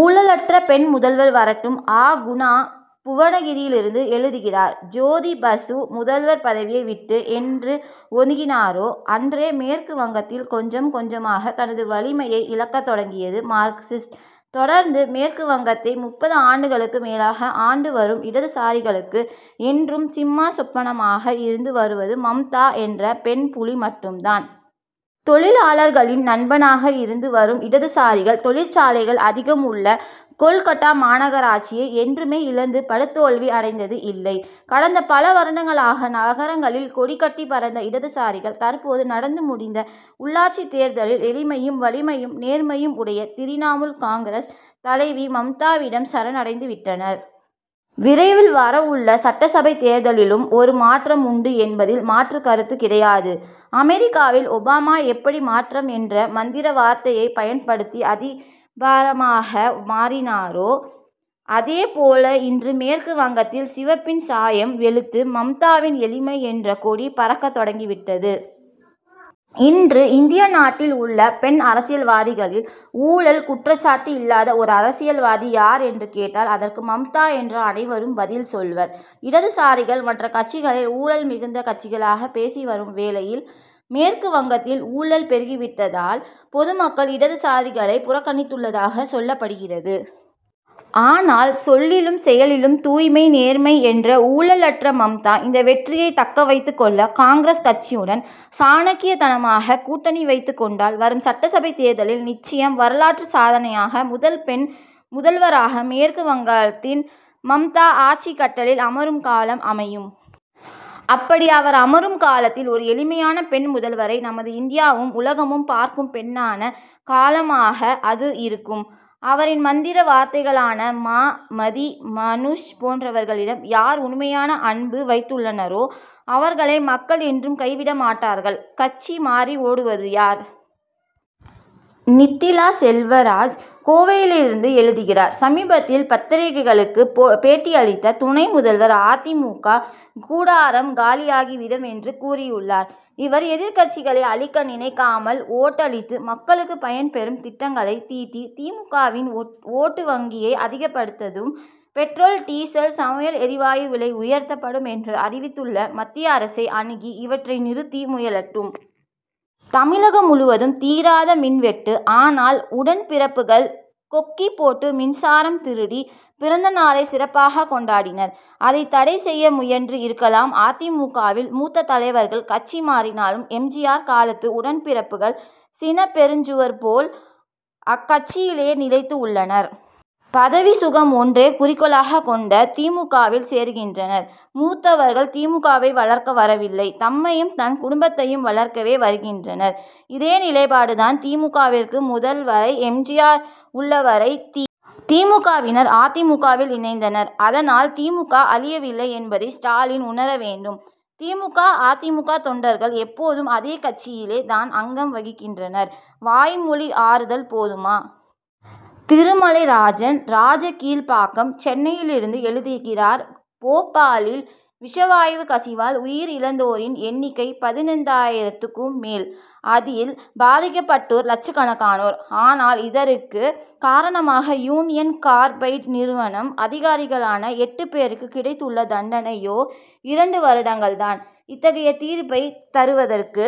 ஊழலற்ற பெண் முதல்வர் வரட்டும்! அ. குணா, புவனகிரியிலிருந்து எழுதுகிறார் ஜோதிபாசு முதல்வர் பதவியை விட்டு என்று ஒதுங்கினாரோ, அன்றே மேற்கு வங்கத்தில் கொஞ்சம் கொஞ்சமாக தனது வலிமையை இழக்கத் தொடங்கியது மார்க்சிஸ்ட். தொடர்ந்து, மேற்கு வங்கத்தை முப்பது ஆண்டுகளுக்கு மேலாக ஆண்டு வரும் இடதுசாரிகளுக்கு, என்றும் சிம்ம சொப்பனமாக இருந்து வருவது மம்தா என்ற பெண் புலி மட்டும்தான். தொழிலாளர்களின் நண்பனாக இருந்து வரும் இடதுசாரிகள், தொழிற்சாலைகள் அதிகம் உள்ள கோல்கட்டா மாநகராட்சியை என்றுமே இழந்து படுதோல்வி அடைந்தது இல்லை. கடந்த பல வருடங்களாக, நகரங்களில் கொடிகட்டிப் பறந்த இடதுசாரிகள், தற்போது நடந்து முடிந்த உள்ளாட்சித் தேர்தலில் எளிமையும், வலிமையும், நேர்மையும் உடைய திரிணமுல் காங்கிரஸ் தலைவி மம்தாவிடம் சரண் அடைந்துவிட்டனர். விரைவில் வரவுள்ள சட்டசபைத் தேர்தலிலும், ஒரு மாற்றம் உண்டு என்பதில் மாற்றுக் கருத்துக் கிடையாது. அமெரிக்காவில் ஒபாமா எப்படி மாற்றம் என்ற மந்திர வார்த்தையைப் பயன்படுத்தி அதிபராக மாறினாரோ, அதே போல் இன்று மேற்கு வங்கத்தில் சிவப்பின் சாயம் வெளுத்து, மம்தாவின் எளிமை என்ற கொடி பறக்கத் தொடங்கி விட்டது. இன்று, இந்திய நாட்டில் உள்ள பெண் அரசியல்வாதிகளில், ஊழல் குற்றச்சாட்டு இல்லாத ஒரு அரசியல்வாதி யார் என்று கேட்டால், அதற்கு மம்தா என்று தான் அனைவரும் பதில் சொல்வர். இடதுசாரிகள், மற்ற கட்சிகளை ஊழல் மிகுந்த கட்சிகளாக பேசி வரும் வேளையில், மேற்கு வங்கத்தில் ஊழல் பெருகிவிட்டதால், பொதுமக்கள் இடதுசாரிகளை புறக்கணித்துள்ளதாக சொல்லப்படுகிறது. ஆனால், சொல்லிலும், செயலிலும் தூய்மை, நேர்மை என்ற ஊழலற்ற மம்தா, இந்த வெற்றியை தக்க வைத்துக் கொள்ள, காங்கிரஸ் கட்சியுடன், சாணக்கியத்தனமாக கூட்டணி வைத்துக் கொண்டால், வரும் சட்டசபை தேர்தலில் நிச்சயம் வரலாற்று சாதனையாக, முதல் பெண் முதல்வராக, மேற்கு வங்கத்தில் மம்தா ஆட்சிக் கட்டிலில் அமரும் காலம் அமையும். அப்படி, அவர் அமரும் காலத்தில் ஒரு எளிமையான பெண் முதல்வரை நமது இந்தியாவும், உலகமும் பார்க்கும் பொன்னான காலமாக அது இருக்கும். அவரின் மந்திர வார்த்தைகளான மா, மதி, மநூஷ் போன்றவர்களிடம், யார் உண்மையான அன்பு வைத்துள்ளனரோ, அவர்களை மக்கள் என்றும் கைவிட மாட்டார்கள். கட்சி மாறி ஓடுவது யார்? நித்திலா செல்வராஜ், கோவையிலிருந்து எழுதுகிறார் சமீபத்தில் பத்திரிகைகளுக்கு பேட்டியளித்த துணை முதல்வர், அ. தி. மு. க. கூடாரம் காலியாகிவிடும்' என்று கூறியுள்ளார். இவர், எதிர்க்கட்சிகளை அழிக்க நினைக்காமல், ஓட்டளித்த மக்களுக்கு பயன்பெறும் திட்டங்களை தீட்டி, தி. மு. க.வின் ஓட்டு வங்கியை அதிகப்படுத்தட்டும். பெட்ரோல், டீசல், சமையல் எரிவாயு விலை உயர்த்தப்படும்' என்று அறிவித்துள்ள மத்திய அரசை அணுகி, இவற்றை நிறுத்த முயலட்டும். தமிழகம் முழுவதும், தீராத மின்வெட்டு. ஆனால், உடன்பிறப்புகள், கொக்கிபோட்டு மின்சாரம் திருடி, பிறந்தநாளை சிறப்பாக கொண்டாடினர். அதைத் தடை செய்ய முயன்று இருக்கலாம்! அ. தி. மு. க.வில், மூத்த தலைவர்கள் கட்சி மாறினாலும், எம். ஜி. ஆர். காலத்து உடன்பிறப்புகள், சீன பெருஞ்சுவர் போல், அக்கட்சியிலேயே நிலைத்து உள்ளனர். பதவி சுகம் ஒன்றை குறிக்கோளாக கொண்டே தி. மு. க.வில் சேருகின்றனர் மூத்தவர்கள். தி. மு. க.வை வளர்க்க வரவில்லை, தம்மையும், தம் குடும்பத்தையும் வளர்க்கவே வருகின்றனர். இதே நிலைபாடு தான் தி. மு. க.விற்கு. முதல், வரை, எம். ஜி. ஆர். உள்ளவரை, தி. மு. க.வினர், அ. தி. மு. க.வில் இணைந்தனர். அதனால், தி. மு. க. அழியவில்லை என்பதை ஸ்டாலின் உணர வேண்டும். தி. மு. க. அ. தி. மு. க. தொண்டர்கள், எப்போதும் அதே கட்சியிலே தான் அங்கம் வகிக்கின்றனர். வாய்மொழி ஆறுதல் போதுமா? திருமலைராஜன், ராஜகீழ்ப்பாக்கம், சென்னையிலிருந்து எழுதுகிறார் போபாலில், விஷவாயுக் கசிவால் உயிர் இழந்தோரின் எண்ணிக்கை பதினைந்தாயிரத்துக்கும் மேல். அதில் பாதிக்கப்பட்டோர் லட்சக்கணக்கானோர். ஆனால், இதற்குக் காரணமான யூனியன் கார்பைடு நிறுவன அதிகாரிகளான, எட்டு பேருக்கு கிடைத்துள்ள தண்டனை யோ, இரண்டு வருடங்கள் தான்! இத்தகைய தீர்ப்பைத் தருவதற்கு,